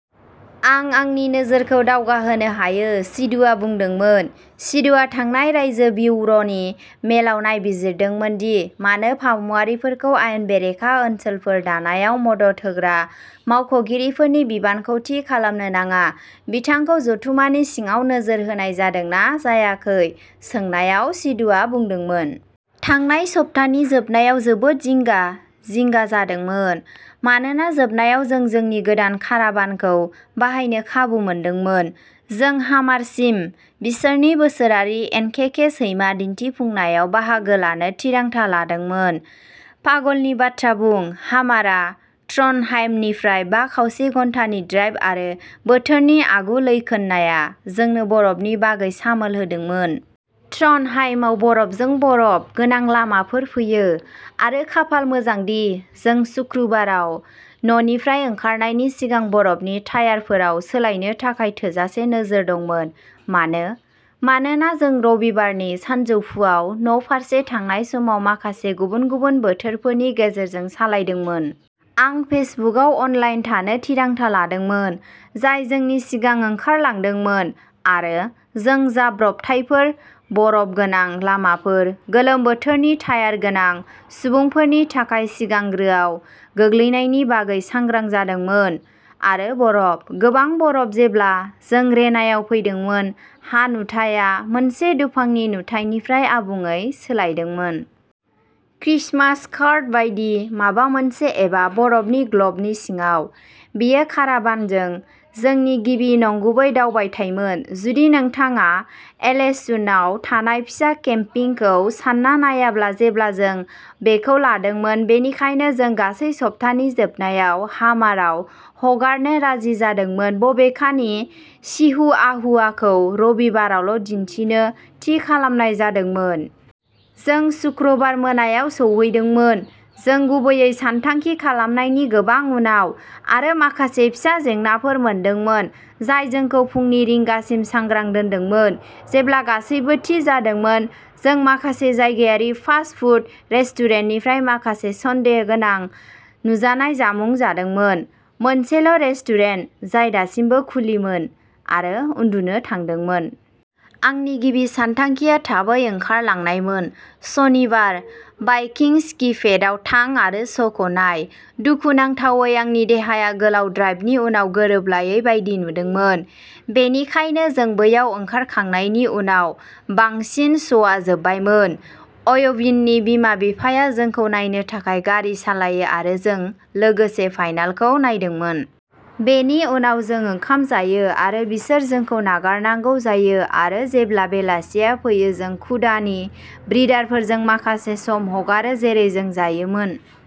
आं आंनि नोजोरखौ दावगाहोनो हायो", सिधुआ बुंदोंमोन। सिधुआ थांनाय रायजो बिउर'नि मेलाव नायबिजिरदोंमोन दि मानो फामुआरिफोरखौ आयेन बेरेखा ओनसोलफोर दानायाव मदद होग्रा मावख'गिरिफोरनि बिबानखौ थि खालामनो नाङा। बिथांखौ जथुमानि सिङाव नोजोर होनाय जादों ना जायाखै सोंनायाव, सिधुआ बुंदोंमोन। थांनाय सप्तानि जोबनायाव जोबोद जिंगा-जिंगा जादोंमोन। मानोना जोबनायाव जों जोंनि गोदान काराभानखौ बाहायनो खाबु मोनदोंमोन, जों हामारसिम बिसोरनि बोसोरारि एनकेके सैमा दिन्थिफुंनायाव बाहागो लानो थिरांथा लादोंमोन। पागलनि बाथ्रा बुं! हामारआ ट्रन्डहाइमनिफ्राय बा खावसे घन्टानि ड्राइभ, आरो बोथोरनि आगुलैखोननाया जोंनो बरफनि बागै सामोल होदोंमोन। ट्रन्डहाइमाव। बरफजों बरफ गोनां लामाफोर फैयो, आरो खाफाल मोजांदि जों सुक्रुबाराव न'निफ्राय ओंखारनायनि सिगां बरफनि टायारफोराव सोलायनो थाखाय थोजासे नोजोर दंमोन। मानो? मानोना जों रबिबारनि सानजौफुआव न'फारसे थांनाय समाव माखासे गुबुन-गुबुन बोथोरफोरनि गेजेरजों सालायदोंमोन। आं फेसबुकआव अनलाइन थानो थिरांथा लादोंमोन, जाय जोंनि सिगां ओंखारलांदोंमोन, आरो जों जाब्रबथायफोर, बरफ गोनां लामाफोर, गोलोम बोथोरनि टायार गोनां सुबुंफोरनि थाखाय सिगांग्रोआव गोग्लैनायनि बागै सांग्रां जादोंमोन, आरो बरफ। गोबां बरफ। जेब्ला जों रेनायाव फैदोंमोन, हा-नुथाया मोनसे दुफांनि नुथाइनिफ्राय आबुङै सोलायदोंमोन। क्रिसमास कार्ड बायदि माबा मोनसे-एबा बरफनि ग्लबनि सिङाव! बेयो काराभानजों जोंनि गिबि नंगुबै दावबायथायमोन-जुदि नोंथाङा एलेसुन्डआव थानाय फिसा केम्पिंखौ सान्ना नायाब्ला, जेब्ला जों बेखौ लादोंमोन-बेनिखायनो जों गासै सप्तानि जोबनायाव हामारआव हगारनो राजि जादोंमोन, बबेखानि चिहुआहुआखौ रबिबारावल'दिन्थिनो थि खालामनाय जादोंमोन। जों सुक्रुबार मोनायाव सौहैदोंमोन, जों गुबैयै सानथांखि खालामनायनि गोबां उनाव, आरो माखासे फिसा जेंनाफोर मोनदोंमोन जाय जोंखौ फुंनि रिंगासिम सांग्रां दोनदोंमोन। जेब्ला गासैबो थि जादोंमोन, जों माखासे जायगायारि फास्ट-फुड रेस्टुरेन्टनिफ्राय माखासे सन्देहगोनां नुजानाय जामुं जादोंमोन-मोनसेल'रेस्टुरेन्ट जाय दासिमबो खुलिमोन, आरो उन्दुनो थांदोंमोन। आंनि गिबि सानथांखिआ थाबै ओंखारलांनायमोन। सनिबार, भाइकिंस्किपेटआव थां आरो श'खौ नाय। दुखुनांथावै आंनि देहाया गोलाव ड्राइभनि उनाव गोरोबलायै बायदि नुदोंमोन, बेनिखायनो जों बैयाव ओंखारखांनायनि उनाव बांसिन श'आ जोबबायमोन। अयविन्डनि बिमा-बिफाया जोंखौ नायनो थाखाय गारि सालायो, आरो जों लोगोसे फाइनालखौ नायदोंमोन। बेनि उनाव जों ओंखाम जायो आरो बिसोर जोंखौ नागारनांगौ जायो, आरो जेब्ला बेलासिया फैयो जों कुडा नि ब्रिडारफोरजों माखासे सम हगारो जेरै जों जायोमोन।